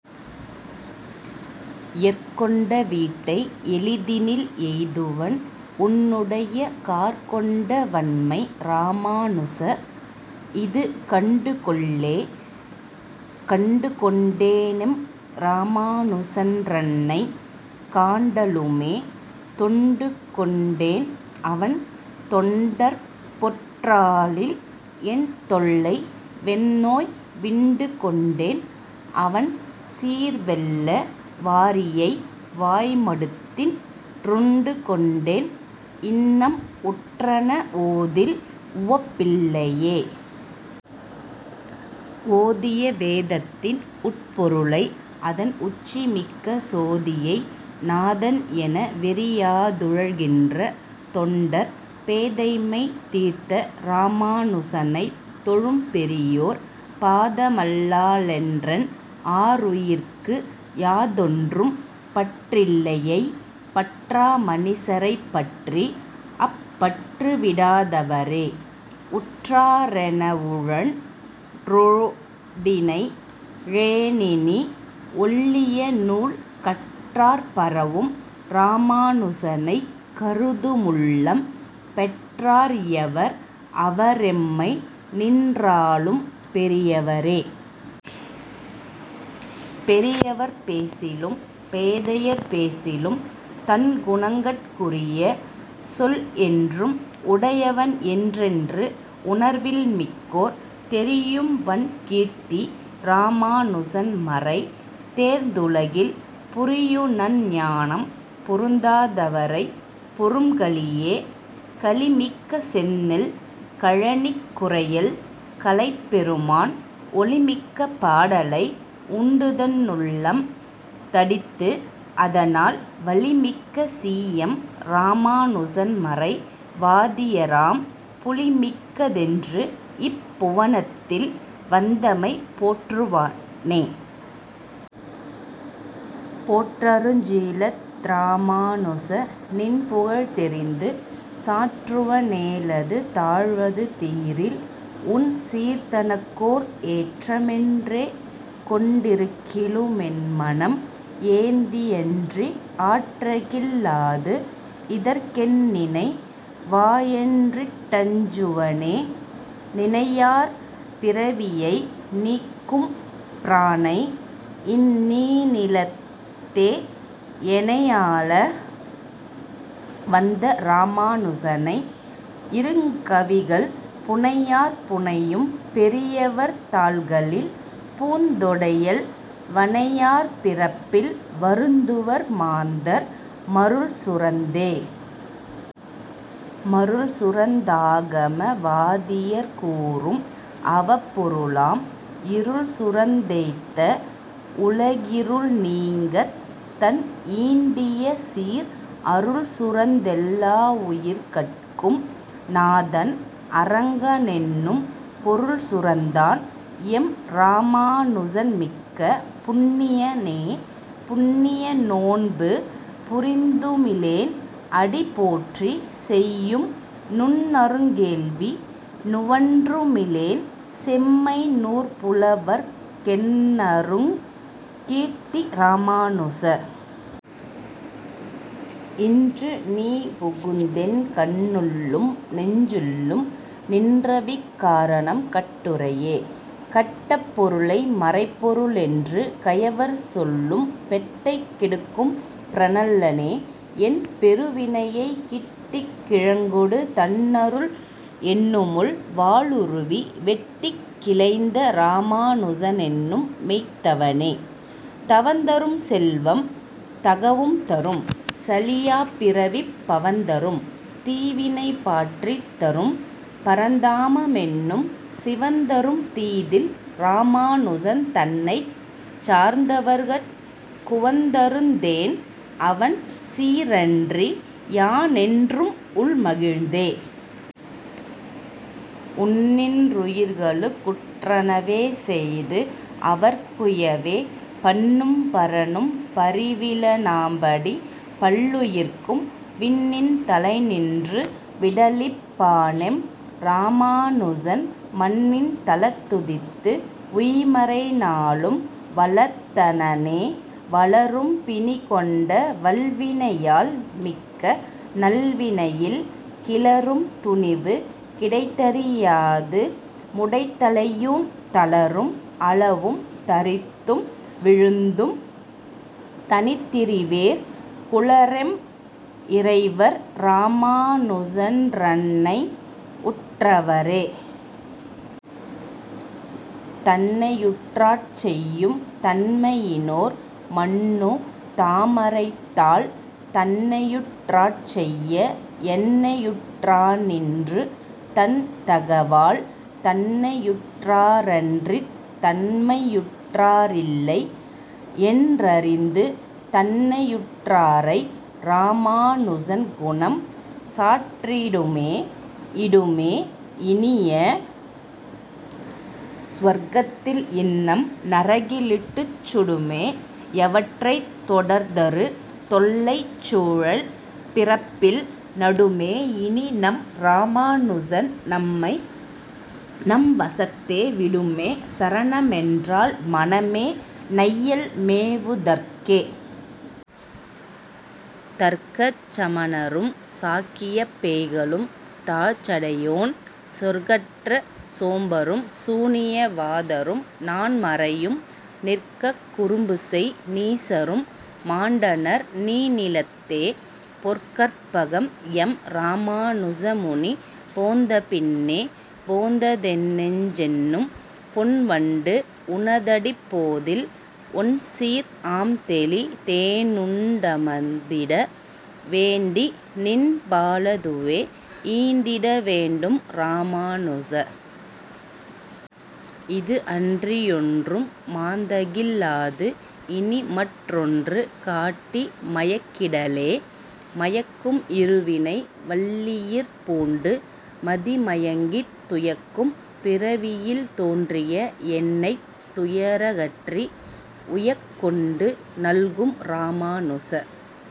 எர்கொண்ட வீட்டை எளிதினில் எய்துவன் உன்னுடைய கார்கொண்ட வண்மை இராமா னுச. இது கண்டுகொள்ளே. கண்டுகொண் டேனெம் இராமா னுசன்றன்னை காண்டலுமே தொண்டுகொண் டேன்அவன் தொண்டர்பொற் றாளில்என் தொல்லை வெந்நோய் விண்டுகொண் டேன்அவன் சீர்வெள்ள வாரியை வாய்மடுத்தின் றுண்டுகொண் டேன், இன்னம் உற்றன ஓதில் உவப்பில்லையே. ஓதிய வேதத்தின் உட்பொரு ளய், அதன் உச்சிமிக்க சோதியை நாதன் எனவெறி யாதுழல் கின்றதொண்டர் பேதைமை தீர்த்த இராமா னுசனைத் தொழும்பெரியோர் பாதமல் லாலென்றன் ஆருயிர்க்கு யாதொன்றும் பற்றில்லையை. பற்றா மனிசரைப் பற்றி, அப் பற்று விடாதவரே உற்றா ரெனவுழன் றோடிநை யேனினி, ஒள்ளியநூல் கற்றார் பரவும் இராமா னுசனைக் கருதுமுள்ளம் பெற்றார் எவர், அவ ரெம்மைநின் றாளும் பெரியவரே. பெரியவர் பேசிலும் பேதையர் பேசிலும் தன்குணங்கட் குரியசொல் என்றும் உடையவன் என்றென்று உணர்வில்மிக்கோர் தெரியும்வண் கீர்த்தி இராமா னுசன்மறை தேர்ந்துலகில் புரியுநன் ஞானம் பொருந்தா தவரைப் பொரும்கலியே. கலிமிக்க செந்நெல் கழனிக் குறையல் கலைப்பெருமான் ஒலிமிக்க பாடலை உண்டுதன் னுள்ளம் தடித்து, அதனால் வலிமிக்க சீயம் இராமா னுசன்மறை வாதியராம் புலிமிக்க தென்று, இப் புவனத்தில் வந்தமை போற்றுவனே. போற்றருஞ் சீலத் திராமா னுச, நின் புகழ்தெரிந்து சாற்றுவ னேலது தாழ்வது தீரில், உன் சீர்தனக்கோர் ஏற்றமென் றேகொண் டிருக்கிலு மென்மனம் ஏந்தியன்றி ஆற்றகில் லாது, இதற் கென்னினை வாயென்றிட் டஞ்சுவனே. நினையார் பிறவியை நீக்கும் பிரானை, இந் நீணிலத்தே எனையாள வந்த இராமா னுசனை இருங்கவிகள் புனையார் புனையும் பெரியவர் தாள்களில் பூந்தொடையல் வனையார் பிறப்பில் வருந்துவர் மாந்தர் மருள்சுரந்தே. மருள்சுரந் தாகம வாதியர் கூறும், அவப்பொருளாம் இருள்சுரந் தெய்த்த உலகிருள் நீங்கத், தன் ஈண்டியசீர் அருள்சுரந் தெல்லா வுயிர்கட்கும் நாதன் அரங்கனென்னும் பொருள்சுரந் தான், எம் இராமா னுசன்மிக்க புண்ணியனே. புண்ணிய நோன்பு புரிந்துமி லேன், அடி போற்றிசெய்யும் நுண்ணருங் கேள்வி நுவன்றுமி லேன், செம்மை நூற்புலவர்க் கெண்ணருங் கீர்த்தி இராமா னுச. இன்று நீபுகுந்தென் கண்ணுள்ளும் நெஞ்சுள்ளும் நின்றவிக் காரணம் கட்டுரையே. கட்டப் பொருளை மறைப்பொரு ளென்று கயவர்சொல்லும் பெட்டைக் கெடுக்கும் பிரனல்ல னே, என் பெருவினையைக் கிட்டிக் கிழங்கொடு தன்னருள் என்னுமொள் வாளுருவி வெட்டிக் கிளைந்த இராமா னுசனென்னும் மெய்த்தவனே. தவந்தரும் செல்வம் தகவும் தரும், சலி யாப்பிறவிப் பவந்தரும் தீவினை பாற்றித் தரும், பரந் தாமமென்னும் திவந்தரும் தீதில் இராமா னுசன்தன்னைச் சார்ந்தவர்கட் குவந்தருந் தேன், அவன் சீரன்றி யானென்றும் உள்மகிழ்ந்தே. உண்ணின் றுயிர்களுக் குற்றன வேசெய்து அவர்க்குயவே பண்ணும் பரனும் பரிவில னாம்படி பல்லுயிர்க்கும் விண்ணின் தலைநின்று விடளிப் பானெம் இராமானுசன் மண்ணின் தலத்துதித்து உய்மறை நாலும் வளர்த்தனனே. வளரும் பிணிகொண்ட வல்வினை யால், மிக்க நல்வினையில் கிளரும் துணிவு கிடைத்தறி யாது முடைத்தலையூன் தளரும் அளவும் தரித்தும் விழுந்தும் தனிதிரிவேற் குளரெம் இறைவர் இராமா னுசன்றன்னை உற்றவரே. தன்னையுற் றாட்செய்யும் தன்மையி னோர், மன்னு தாமரைத்தாள் தன்னையுற் றாட்செய்ய என்னையுற் றானின்று தன்தகவால் தன்னையுற் றாரன்றித் தன்மையுற் றாரில்லை என்றறிந்து தன்னையுற் றாரை இராமா னுசன்குணம் சாற்றிடுமே. இடுமே இனிய சுவர்க்கத்தில் இன்னம் நரகிலிட்டுச் சுடுமே யவற்றைத் தொடர்தரு தொல்லைச் சுழல்பிறப்பில் நடுமே யினிநம் இராமா னுசன்நம்மை நம்வசத்தே விடுமே சரணமென் றால், மன மே நையல் மேவுதற்கே? தற்கச் சமணரும் சாக்கியப் பேய்களும் தாழ்சடையோன் சொற்கற்ற சோம்பரும் சூனிய வாதரும் நான்மறையும் நிற்கக் குறும்புசெய் நீசரும் மாண்டனர் நீணிலத்தே பொற்கற் பகம், எம் இராமா னுசமுனி போந்தபின்னே. போந்ததென் னெஞ்சென்னும் பொன்வண்டு உனதடிப் போதில் ஒண்சீர் ஆம்தெளி தேனுண் டமர்ந்திட வேண்டி, நின் பாலதுவே ஈந்திட வேண்டும் இராமா னுச. இது அன்றியொன்றும் மாந்தகில் லாது, இனி மற்றொன்று காட்டி மயக்கிடலே. மயக்கும் இருவினை வல்லியிற் பூண்டு மதிமயங்கித் துயக்கும் பிறவியில் தோன்றிய என்னைத் துயரகற்றி உயக்கொண்டு நல்கும் இராமா னுச.